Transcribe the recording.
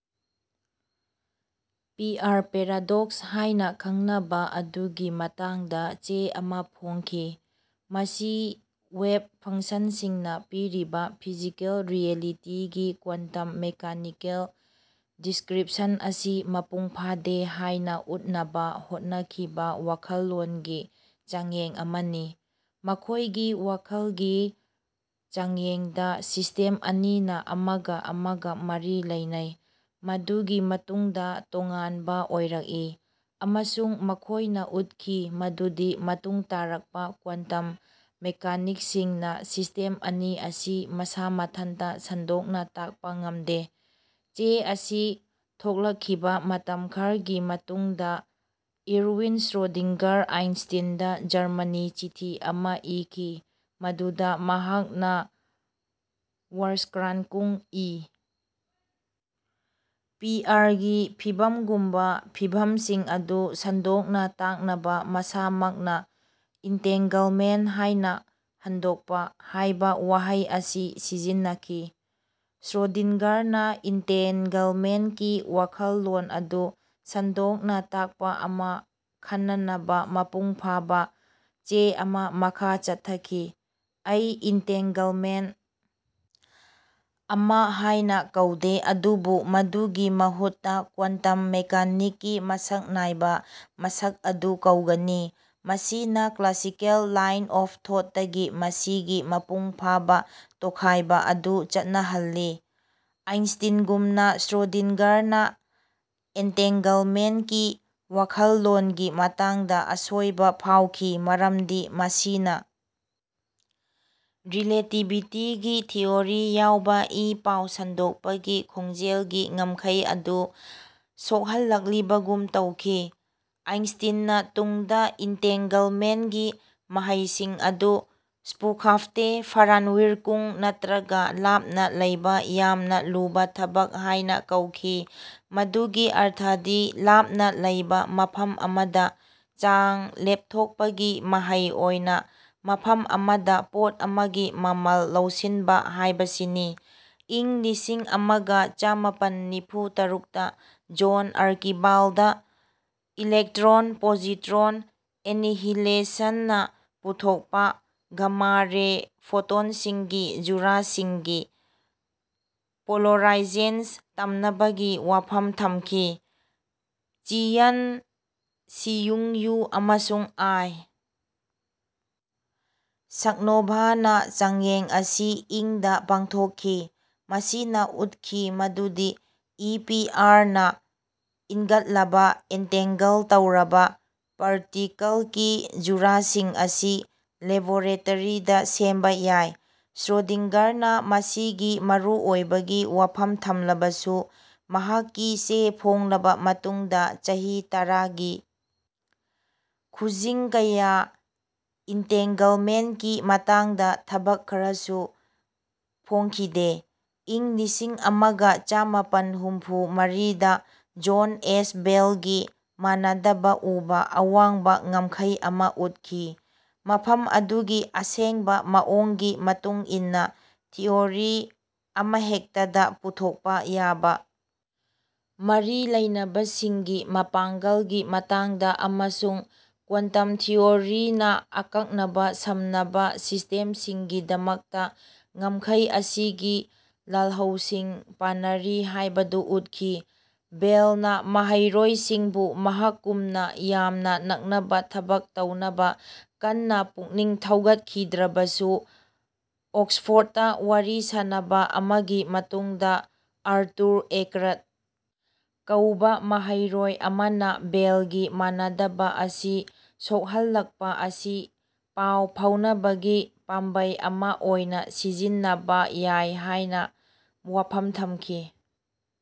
ꯄꯤ. R. Paradox ꯍꯥꯏꯅ ꯈꯡꯅꯕ ꯑꯗꯨꯒꯤ ꯃꯇꯥꯡꯗ ꯆꯦ ꯑꯃ ꯐꯣꯡꯈꯤ꯫ ꯃꯁꯤ "ꯋꯦꯕ ꯐꯡꯁꯟꯁꯤꯡꯅ ꯄꯤꯔꯤꯕ ꯐꯤꯖꯤꯀꯦꯜ ꯔꯤꯌꯦꯂꯤꯇꯤꯒꯤ ꯀ꯭ꯋꯥꯟꯇꯝ-ꯃꯦꯀꯥꯅꯤꯀꯦꯜ ꯗꯤꯁꯀ꯭ꯔꯤꯞꯁꯟ ꯑꯁꯤ ꯃꯄꯨꯡ ꯐꯥꯗꯦ" ꯍꯥꯏꯅ ꯎꯠꯅꯕ ꯍꯣꯠꯅꯈꯤꯕ ꯋꯥꯈꯜꯂꯣꯟꯒꯤ ꯆꯥꯡꯌꯦꯡ ꯑꯃꯅꯤ꯫ ꯃꯈꯣꯏꯒꯤ ꯋꯥꯈꯜꯒꯤ ꯆꯥꯡꯌꯦꯡꯗ ꯁꯤꯁꯇꯦꯝ ꯑꯅꯤꯅ ꯑꯃꯒ ꯑꯃꯒ ꯃꯔꯤ ꯂꯩꯅꯩ, ꯃꯗꯨꯒꯤ ꯃꯇꯨꯡꯗ ꯇꯣꯉꯥꯟꯕ ꯑꯣꯏꯔꯛꯏ, ꯑꯃꯁꯨꯡ ꯃꯈꯣꯏꯅ ꯎꯠꯈꯤ ꯃꯗꯨꯗꯤ ꯃꯇꯨꯡ ꯇꯥꯔꯛꯄ ꯀ꯭ꯋꯥꯟꯇꯝ ꯃꯦꯀꯥꯅꯤꯛꯁꯤꯡꯅ ꯁꯤꯁꯇꯦꯝ ꯑꯅꯤ ꯑꯁꯤ ꯃꯁꯥ ꯃꯊꯟꯇ ꯁꯟꯗꯣꯛꯅ ꯇꯥꯛꯄ ꯉꯝꯗꯦ꯫ ꯆꯦ ꯑꯁꯤ ꯊꯣꯛꯂꯛꯈꯤꯕ ꯃꯇꯝ ꯈꯔꯒꯤ ꯃꯇꯨꯡꯗ ꯏꯔꯋꯤꯟ ꯁ꯭ꯔꯣꯗꯤꯡꯒꯔ ꯑꯥꯏꯟꯁꯇꯤꯟꯗ ꯖꯔꯃꯅꯤ ꯆꯤꯊꯤ ꯑꯃ ꯏꯈꯤ ꯃꯗꯨꯗ ꯃꯍꯥꯛꯅ ꯋꯔꯁ꯭ꯀ꯭ꯔꯥꯟꯀꯨꯡ (ꯏ. ꯄꯤ. ꯑꯥꯔ. ꯒꯤ ꯐꯤꯚꯝꯒꯨꯝꯕ ꯐꯤꯚꯝꯁꯤꯡ ꯑꯗꯨ ꯁꯟꯗꯣꯛꯅ ꯇꯥꯛꯅꯕ ꯃꯁꯥꯃꯛꯅ ꯏꯟꯇꯦꯡꯒꯜꯃꯦꯟ ꯍꯥꯏꯅ ꯍꯟꯗꯣꯛꯄ) ꯍꯥꯏꯕ ꯋꯥꯍꯩ ꯑꯁꯤ ꯁꯤꯖꯤꯟꯅꯈꯤ꯫ ꯁ꯭ꯔꯣꯗꯤꯟꯒꯔꯅ ꯏꯟꯇꯦꯡꯒꯜꯃꯦꯟ ꯀꯤ ꯋꯥꯈꯜꯂꯣꯟ ꯑꯗꯨ ꯁꯟꯗꯣꯛꯅ ꯇꯥꯛꯄ ꯑꯃ ꯈꯟꯅꯅꯕ ꯃꯄꯨꯡ ꯐꯥꯕ ꯆꯦ ꯑꯃ ꯃꯈꯥ ꯆꯠꯊꯈꯤ, "ꯑꯩ ꯏꯟꯇꯦꯡꯒꯜꯃꯦꯟ ꯑꯃ ꯍꯥꯏꯅ ꯀꯧꯗꯦ ꯑꯗꯨꯕꯨ ꯃꯗꯨꯒꯤ ꯃꯍꯨꯠꯇ ꯀ꯭ꯋꯥꯟꯇꯝ ꯃꯦꯀꯥꯅꯤꯛꯀꯤ ꯃꯁꯛ ꯅꯥꯏꯕ ꯃꯁꯛ ꯑꯗꯨ ꯀꯧꯒꯅꯤ, ꯃꯁꯤꯅ ꯀ꯭ꯂꯥꯁꯤꯀꯦꯜ ꯂꯥꯏꯟ ꯑꯣꯐ ꯊꯣꯠꯇꯒꯤ ꯃꯁꯤꯒꯤ ꯃꯄꯨꯡꯐꯥꯕ ꯇꯣꯈꯥꯏꯕ ꯑꯗꯨ ꯆꯠꯅꯍꯜꯂꯤ꯫" ꯑꯥꯏꯟꯁ꯭ꯇꯤꯟꯒꯨꯝꯅ ꯁ꯭ꯔꯣꯗꯤꯟꯒꯔꯅ ꯑꯦꯟꯇꯦꯡꯒꯜꯃꯦꯟ ꯀꯤ ꯋꯥꯈꯜꯂꯣꯟꯒꯤ ꯃꯇꯥꯡꯗ ꯑꯁꯣꯏꯕ ꯐꯥꯎꯈꯤ ꯃꯔꯝꯗꯤ ꯃꯁꯤꯅ ꯔꯤꯂꯦꯇꯤꯚꯤꯇꯤꯒꯤ ꯊꯤꯑꯣꯔꯤ ꯌꯥꯎꯕ ꯏ-ꯄꯥꯎ ꯁꯟꯗꯣꯛꯄꯒꯤ ꯈꯣꯡꯖꯦꯜꯒꯤ ꯉꯝꯈꯩ ꯑꯗꯨ ꯁꯣꯛꯍꯜꯂꯛꯂꯤꯕꯒꯨꯝ ꯇꯧꯈꯤ꯫ ꯑꯥꯏꯟꯁꯇꯤꯟꯅ ꯇꯨꯡꯗ ꯏꯟꯇꯦꯡꯒꯜꯃꯦꯟ ꯒꯤ ꯃꯍꯩꯁꯤꯡ ꯑꯗꯨ "ꯁ꯭ꯄꯨꯈꯥꯐꯇꯦ ꯐꯔꯟꯋꯤꯔꯀꯨꯡ" ꯅꯠꯇ꯭ꯔꯒ "ꯂꯥꯞꯅ ꯂꯩꯕ ꯌꯥꯝꯅ ꯂꯨꯕ ꯊꯕꯛ" ꯍꯥꯏꯅ ꯀꯧꯈꯤ, ꯃꯗꯨꯒꯤ ꯑꯔꯊꯗꯤ ꯂꯥꯞꯅ ꯂꯩꯕ ꯃꯐꯝ ꯑꯃꯗ ꯆꯥꯡ ꯂꯦꯞꯊꯣꯛꯄꯒꯤ ꯃꯍꯩ ꯑꯣꯏꯅ ꯃꯐꯝ ꯑꯃꯗ ꯄꯣꯠ ꯑꯃꯒꯤ ꯃꯃꯜ ꯂꯧꯁꯤꯟꯕ ꯍꯥꯏꯕꯁꯤꯅꯤ꯫ ꯏꯪ ꯂꯤꯁꯤꯡ ꯑꯃꯒ ꯆꯃꯥꯄꯟ ꯅꯤꯐꯨ ꯇꯔꯨꯛꯇ ꯖꯣꯟ ꯑꯥꯔꯀꯤꯕꯥꯜꯗ ꯏꯂꯦꯛꯇ꯭ꯔꯣꯟ-ꯄꯣꯖꯤꯇ꯭ꯔꯣꯟ ꯑꯦꯅꯤꯍꯤꯂꯦꯁꯟꯅ ꯄꯨꯊꯣꯛꯄ ꯒꯃꯥ-ꯔꯦ ꯐꯣꯇꯣꯟꯁꯤꯡꯒꯤ ꯖꯨꯔꯥꯁꯤꯡꯒꯤ ꯄꯣꯂꯔꯥꯏꯖꯦꯟ ꯇꯝꯅꯕꯒꯤ ꯋꯥꯐꯝ ꯊꯝꯈꯤ꯫ ꯆꯤꯌꯟ-ꯁꯤꯌꯨꯡ ꯋꯨ ꯑꯃꯁꯨꯡ ꯑꯥꯏ. ꯁꯛꯅꯣꯚꯅ ꯆꯥꯡꯌꯦꯡ ꯑꯁꯤ ꯏꯪ ꯗ ꯄꯥꯡꯊꯣꯛꯈꯤ, ꯃꯁꯤꯅ ꯎꯠꯈꯤ ꯃꯗꯨꯗꯤ ꯏ. ꯄꯤ. ꯑꯥꯔ. ꯅ ꯏꯟꯒꯠꯂꯕ ꯑꯦꯟꯇꯦꯡꯒꯜ ꯇꯧꯔꯕ ꯄꯥꯔꯇꯤꯀꯜꯀꯤ ꯖꯨꯔꯥꯁꯤꯡ ꯑꯁꯤ ꯂꯦꯕꯣꯔꯦꯇꯔꯤꯗ ꯁꯦꯝꯕ ꯌꯥꯏ꯫ ꯁ꯭ꯔꯣꯗꯤꯡꯒꯔꯅ ꯃꯁꯤꯒꯤ ꯃꯔꯨꯑꯣꯏꯕꯒꯤ ꯋꯥꯐꯝ ꯊꯝꯂꯕꯁꯨ, ꯃꯍꯥꯛꯀꯤ ꯆꯦ ꯐꯣꯡꯂꯕ ꯃꯇꯨꯡꯗ ꯆꯍꯤ ꯇꯔꯥꯒꯤ ꯈꯨꯖꯤꯡ ꯀꯌꯥ ꯏꯟꯇꯦꯡꯒꯜꯃꯦꯟ ꯀꯤ ꯃꯇꯥꯡꯗ ꯊꯕꯛ ꯈꯔꯁꯨ ꯐꯣꯡꯈꯤꯗꯦ꯫ ꯏꯪ ꯂꯤꯁꯤꯡ ꯑꯃꯒ ꯆꯃꯥꯄꯟ ꯍꯨꯝꯐꯨ ꯃꯔꯤꯗ ꯖꯣꯟ ꯑꯦꯁ ꯕꯦꯜꯒꯤ ꯃꯥꯟꯅꯗꯕ ꯎꯕ ꯑꯋꯥꯡꯕ ꯉꯝꯈꯩ ꯑꯃ ꯎꯠꯈꯤ, ꯃꯐꯝ ꯑꯗꯨꯒꯤ ꯑꯁꯦꯡꯕ ꯃꯑꯣꯡꯒꯤ ꯃꯇꯨꯡ ꯏꯟꯅ ꯊꯤꯑꯣꯔꯤ ꯑꯃꯍꯦꯛꯇꯗ ꯄꯨꯊꯣꯛꯄ ꯌꯥꯕ ꯃꯔꯤ ꯂꯩꯅꯕꯁꯤꯡꯒꯤ ꯃꯄꯥꯡꯒꯜꯒꯤ ꯃꯇꯥꯡꯗ ꯑꯃꯁꯨꯡ ꯀ꯭ꯋꯥꯟꯇꯝ ꯊꯤꯑꯣꯔꯤꯅ ꯑꯀꯛꯅꯕ ꯁꯝꯅꯕ ꯁꯤꯁ꯭ꯇꯦꯝꯁꯤꯡꯒꯤꯗꯃꯛꯇ ꯉꯝꯈꯩ ꯑꯁꯤꯒꯤ ꯂꯥꯜꯍꯧꯁꯤꯡ ꯄꯥꯅꯔꯤ ꯍꯥꯏꯕꯗꯨ ꯎꯠꯈꯤ꯫ ꯕꯦꯜꯅ ꯃꯍꯩꯔꯣꯏꯁꯤꯡꯕꯨ ꯃꯍꯥꯛꯀꯨꯝꯅ ꯌꯥꯝꯅ ꯅꯛꯅꯕ ꯊꯕꯛ ꯇꯧꯅꯕ ꯀꯟꯅ ꯄꯨꯛꯅꯤꯡ ꯊꯧꯒꯠꯈꯤꯗ꯭ꯔꯕꯁꯨ ꯑꯣꯛꯁꯐꯣꯔ꯭ꯗꯇ ꯋꯥꯔꯤ ꯁꯥꯅꯕ ꯑꯃꯒꯤ ꯃꯇꯨꯡꯗ ꯑꯥꯔꯇꯨꯔ ꯑꯦꯀꯔ꯭ꯠ ꯀꯧꯕ ꯃꯍꯩꯔꯣꯏ ꯑꯃꯅ ꯕꯦꯜꯒꯤ ꯃꯥꯟꯅꯗꯕ ꯑꯁꯤ ꯁꯣꯛꯍꯜꯂꯛꯄ ꯑꯁꯤ ꯄꯥꯎ ꯐꯥꯎꯅꯕꯒꯤ ꯄꯥꯝꯕꯩ ꯑꯃ ꯑꯣꯏꯅ ꯁꯤꯖꯤꯟꯅꯕ ꯌꯥꯏ ꯍꯥꯏꯅ ꯋꯥꯐꯝ ꯊꯝꯈꯤ꯫